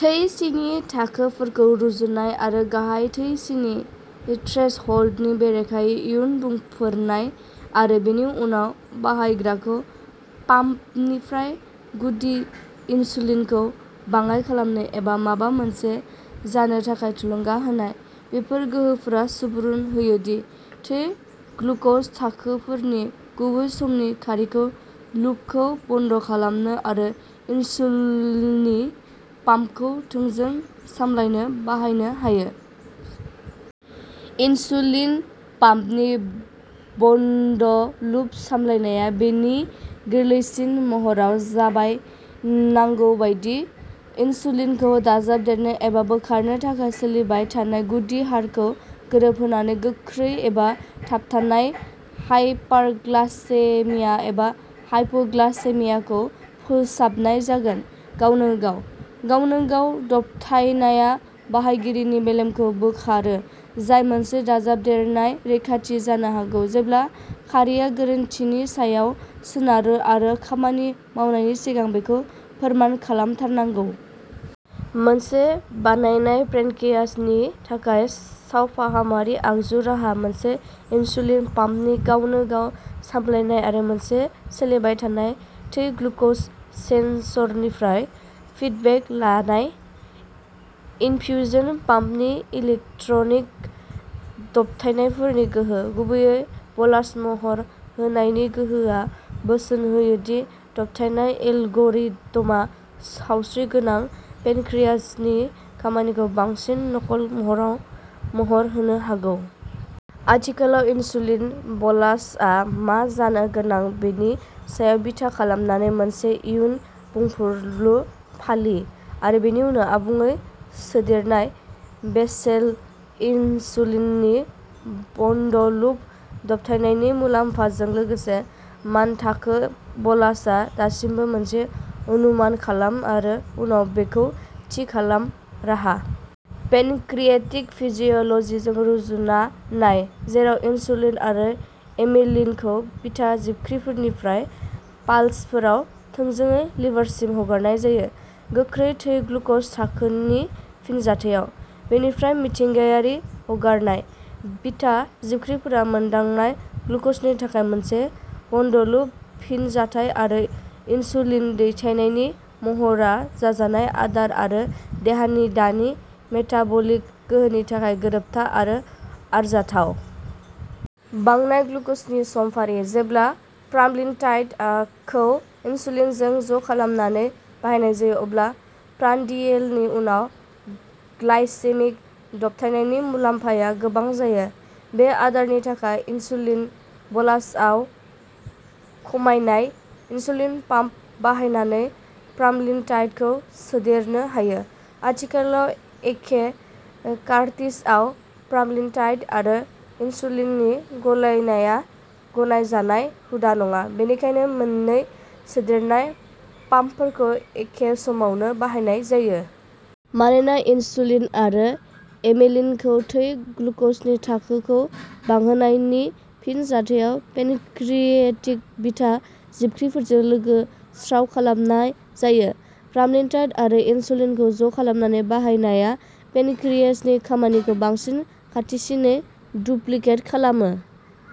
थै सिनि थाखोफोरखौ रुजुनाय आरो गाहाय थै सिनि थ्रेसहोल्डनि बेरेखायै इयुन बुंफोरनाय, आरो बेनि उनाव बाहायग्राखौ पाम्पनिफ्राय गुदि इनसुलिनखौ बाङाइ खालामनो एबा माबा मोनसे जानो थाखाय थुलुंगा होनाय। बेफोर गोहोफोरा सुबुरुन होयो दि थै ग्लुक'ज थाखोफोरनि गुबै-समनि खारिखौ "लुपखौ बन्द" खालामनो आरो इनसुलिन पाम्पखौ थोंजों सामलायनो बाहायनो हायो। इनसुलिन पाम्पनि बन्द लुप सामलायनाया बेनि गोरलैसिन महराव जाबाय नांगौ बायदि इनसुलिनखौ दाजाबदेरनो एबा बोखारनो थाखाय सोलिबाय थानाय गुदि हारखौ गोरोबहोनानै गोख्रै एबा थाबथानाय हाइपारग्लाइसेमिया एबा हाइप'ग्लाइसेमियाखौ फोसाबनाय जागोन, गावनो गाव। गावनो गाव दबथायनाया बाहायगिरिनि मेलेमखौ बोखारो, जाय मोनसे दाजाबदेरनाय रैखाथि जानो हागौ जेब्ला खारिआ गोरोन्थिनि सायाव सोनारो आरो खामानि मावनायनि सिगां बेखौ फोरमान खालामथारनांगौ। मोनसे बानायनाय पेनक्रियाजनि थाखाय सावफाहामारि आगजु राहाः मोनसे इनसुलिन पाम्पनि गावनो-गाव सामलायनाय आरो मोनसे सोलिबाय थानाय थै ग्लुक'ज सेनसरनिफ्राय फिडबेक लानाय। इनफ्युजन पाम्पनि इलेक्ट्रनिक दबथायनायफोरनि गोहो, गुबैयै बलास महर होनायनि गोहोआ, बोसोन होयो दि दबथायनाय एलगरिदमा सावस्रिगोनां पेनक्रियाजनि खामानिखौ बांसिन नकल महराव महर होनो हागौ। आथिखालाव, इनसुलिन बलासआ मा जानो गोनां बेनि सायाव बिथा खालामनानै मोनसे इयुन बुंफुरलु फालि, आरो बेनि उनाव आबुङै सोदेरनाय। बेसेल इनसुलिननि बन्द-लुप दबथायनायनि मुलाम्फाजों लोगोसे, मानथाखो बलासआ दासिमबो मोनसे "अनुमान खालाम आरो उनाव बेखौ थि खालाम" राहा। पेनक्रियेटिक फिजिअल'जिजों रुजुना नाय, जेराव इनसुलिन आरो एमिलिनखौ बिटा जिबख्रिफोरनिफ्राय पाल्सफोराव थोंजोङै लिभारसिम हगारनाय जायो, गोख्रै थै ग्लुक'ज थाखोनि फिनजाथायाव। बेनिफ्राय मिथिंगायारि हगारनाय। बिटा जिबख्रिफोरा मोनदांनाय ग्लुकजनि थाखाय मोनसे बन्द लुप फिनजाथाय, आरो इनसुलिन दैथायनायनि महरा जाजानाय आदार आरो देहानि दानि मेटाबलिक गोहोनि थाखाय गोरोबथाव आरो आरजाथाव। बांनाय ग्लुकजनि समफारि। जेब्ला प्रामलिनटाइड खौ इनसुलिनजों ज'खालामनानै बाहायनाय जायो, अब्ला प्रान्डियेलनि उनाव ग्लाइसेमिक दबथायनायनि मुलाम्फाया गोबां जायो। बै आदारनि थाखाय इनसुलिन बलासआव खमायनाय। इनसुलिन पाम्प बाहायनानै प्रामलिनटाइडखौ सोदेरनो हायो। आथिखालाव, एखे कार्ट्रिजआव प्रामलिनटाइड आरो इनसुलिननि गलायनाया गनायजानाय हुदा नङा, बेनिखायनो मोननै सोदेरनाय पाम्पफोरखौ एखे समावनो बाहायनाय जायो। मानोना इनसुलिन आरो एमिलिनखौ थै ग्लुकजनि थाखोखौ बांहोनायनि फिनजाथायाव पेनक्रिएटिक बिटा जिबख्रिफोरजों लोगो-स्राव खालामनाय जायो, प्रामलिनटाइड आरो इनसुलिनखौ ज'खालामनानै बाहायनाया पेनक्रियेजनि खामानिखौ बांसिन खाथिसिनै डुप्लिकेट खालामो।